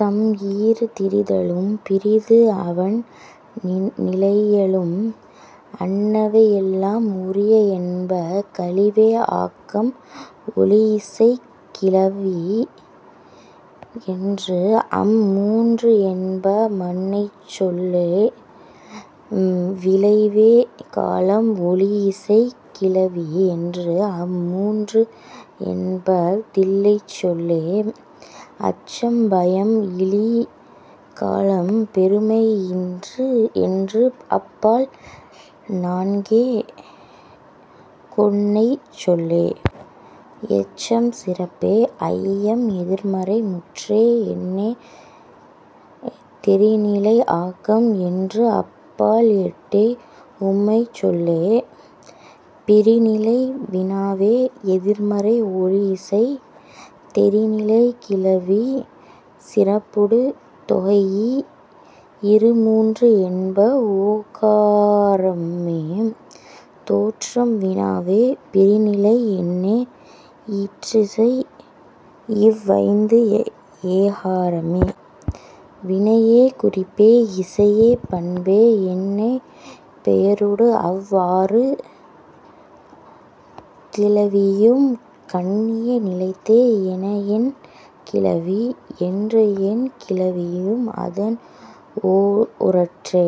தம் ஈறு திரிதலும் பிறிது அவண் நிலையலும் அன்னவை எல்லாம் உரிய என்ப. கழிவே ஆக்கம் ஒழியிசைக் கிளவி என்று அம் மூன்று என்ப மன்னைச் சொல்லே. விழைவே காலம் ஒழியிசைக் கிளவி என்று அம் மூன்று என்ப தில்லைச் சொல்லே. அச்சம் பயம் இலி காலம் பெருமை என்று அப் பால் நான்கே கொன்னைச் சொல்லே. எச்சம் சிறப்பே ஐயம் எதிர்மறை முற்றே எண்ணே தெரிநிலை ஆக்கம் என்று அப் பால் எட்டே உம்மைச் சொல்லே. பிரிநிலை வினாவே எதிர்மறை ஒழியிசை தெரிநிலைக் கிளவி சிறப்பொடு தொகைஇ இரு மூன்று என்ப ஓகாரம்மே. தேற்றம் வினாவே பிரிநிலை எண்ணே ஈற்றசை இவ் ஐந்து ஏகாரம்மே. வினையே குறிப்பே இசையே பண்பே எண்ணே பெயரொடு அவ் அறு கிளவியும் கண்ணிய நிலைத்தே என என் கிளவி. என்று என் கிளவியும் அதன் ஓரற்றே.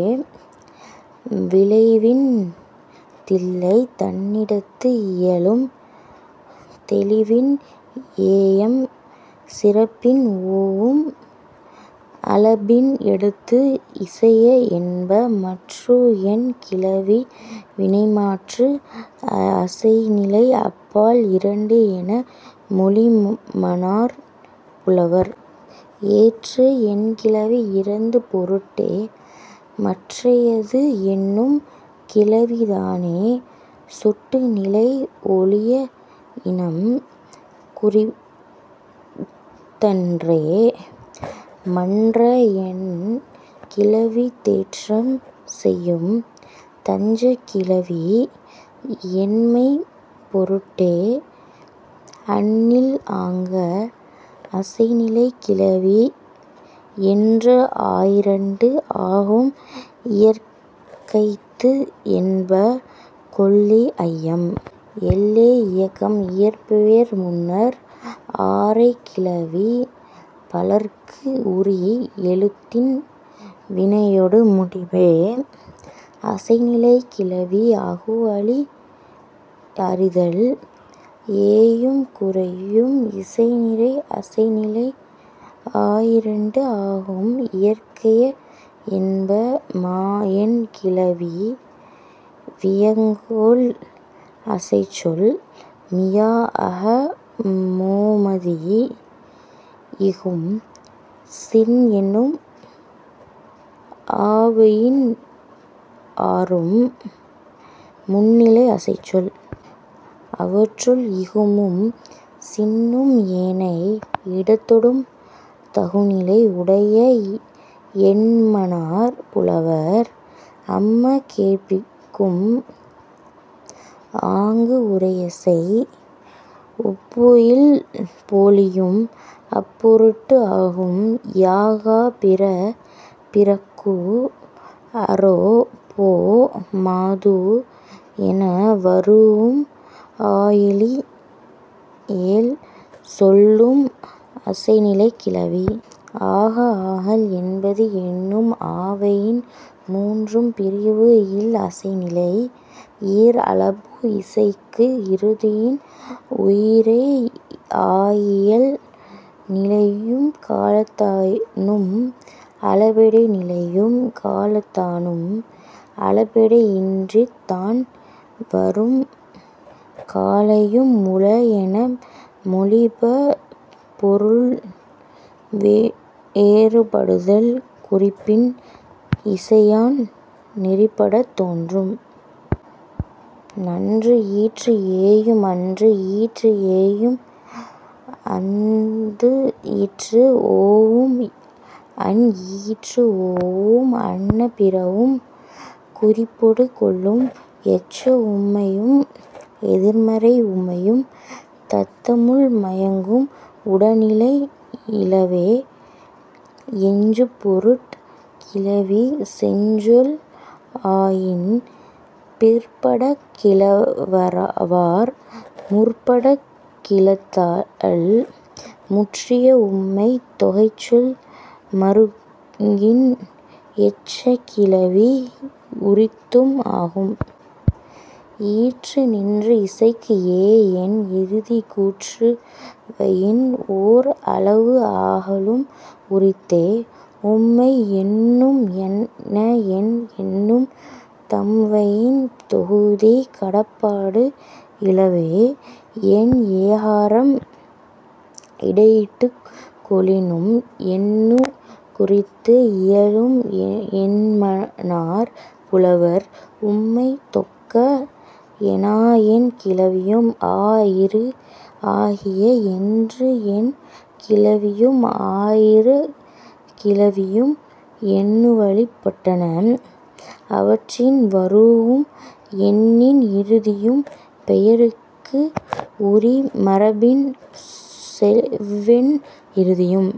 விழைவின் தில்லை தன்னிடத்து இயலும். தெளிவின் ஏயும் சிறப்பின் ஓவும் அளபின் எடுத்த இசைய என்ப. மற்று என் கிளவி வினைமாற்று அசைநிலை அப் பால் இரண்டு என மொழிமனார் புலவர். எற்று என் கிளவி இறந்த பொருட்டே. மற்றையது என்னும் கிளவிதானே சுட்டு நிலை ஒழிய இனம் குறித்தன்றே. மன்ற என் கிளவி தேற்றம் செய்யும். தஞ்சக் கிளவி எண்மைப் பொருட்டே. அந்தில் ஆங்க அசைநிலைக் கிளவி என்று ஆயிரண்டு ஆகும் இயற்கைத்து என்ப. கொல்லே ஐயம். எல்லே இலக்கம். இயற்பெயர் முன்னர் ஆரைக் கிளவி பலர்க்கு உரி எழுத்தின் வினையொடு முடிமே. அசைநிலைக் கிளவி ஆகு வழி அறிதல். ஏயும் குரையும் இசைநிறை அசைநிலை ஆயிரண்டு ஆகும் இயற்கைய என்ப. மா என் கிளவி வியங்கோள் அசைச்சொல். மியா இக மோ மதி இகும் சின் என்னும் ஆவயின் ஆறும் முன்னிலை அசைச்சொல். அவற்றுள், இகுமும் சின்னும் ஏனை இடத்தொடும் தகு நிலை உடைய என்மனார் புலவர். அம்ம கேட்பிக்கும். ஆங்க உரையசை. ஒப்பு இல் போலியும் அப் பொருட்டு ஆகும். யா கா பிற பிறக்கு அரோ போ மாது என வரூஉம் ஆயேழ் சொல்லும் அசைநிலைக் கிளவி. ஆக ஆகல் என்பது என்னும் ஆவயின் மூன்றும் பிரிவு இல் அசைநிலை. ஈர் அளபு இசைக்கும் இறுதியில் உயிரே ஆயியல் நிலையும் காலத்தானும் அளபெடை நிலையும் காலத்தானும் அளபெடை இன்றித் தான் வரும் காலையும் உள என மொழிப பொருள் வேறுபடுதல் குறிப்பின் இசையான் நெறிப்படத் தோன்றும். நன்று ஈற்று ஏயும் அன்று ஈற்று ஏயும் அந்து ஈற்று ஓவும் அன் ஈற்று ஓவும் அன்ன பிறவும் குறிப்பொடு கொள்ளும். எச்ச உம்மையும் எதிர்மறை உம்மையும் தத்தமுள் மயங்கும் உடனிலை இலவே. எஞ்சுபொருட் கிளவி செஞ்சொல் ஆயின் பிற்படக் கிளவார் முற்படக் கிளத்தல். முற்றிய உம்மைத் தொகைச்சொல் மருங்கின் எச்சக் கிளவி உரித்தும் ஆகும். ஈற்று நின்று இசைக்கும் ஏ என் இறுதி கூற்றுவயின் ஒர் அளபு ஆகலும் உரித்தே. உம்மை எண்ணும் என என் எண்ணும் தம்வயின் தொகுதி கடப்பாடு இலவே. எண் ஏகாரம் இடையிட்டுக் கொளினும் எண்ணுக் குறித்து இயலும் என்மனார் புலவர். உம்மை தொக்க எனா என் கிளவியும் ஆ ஈறு ஆகிய என்று என் கிளவியும் ஆயிரு கிளவியும் எண்ணுவழிப் பட்டன. அவற்றின் வரூஉம் எண்ணின் இறுதியும் பெயர்க்கு உரி மரபின் செவ்வெண் இறுதியும்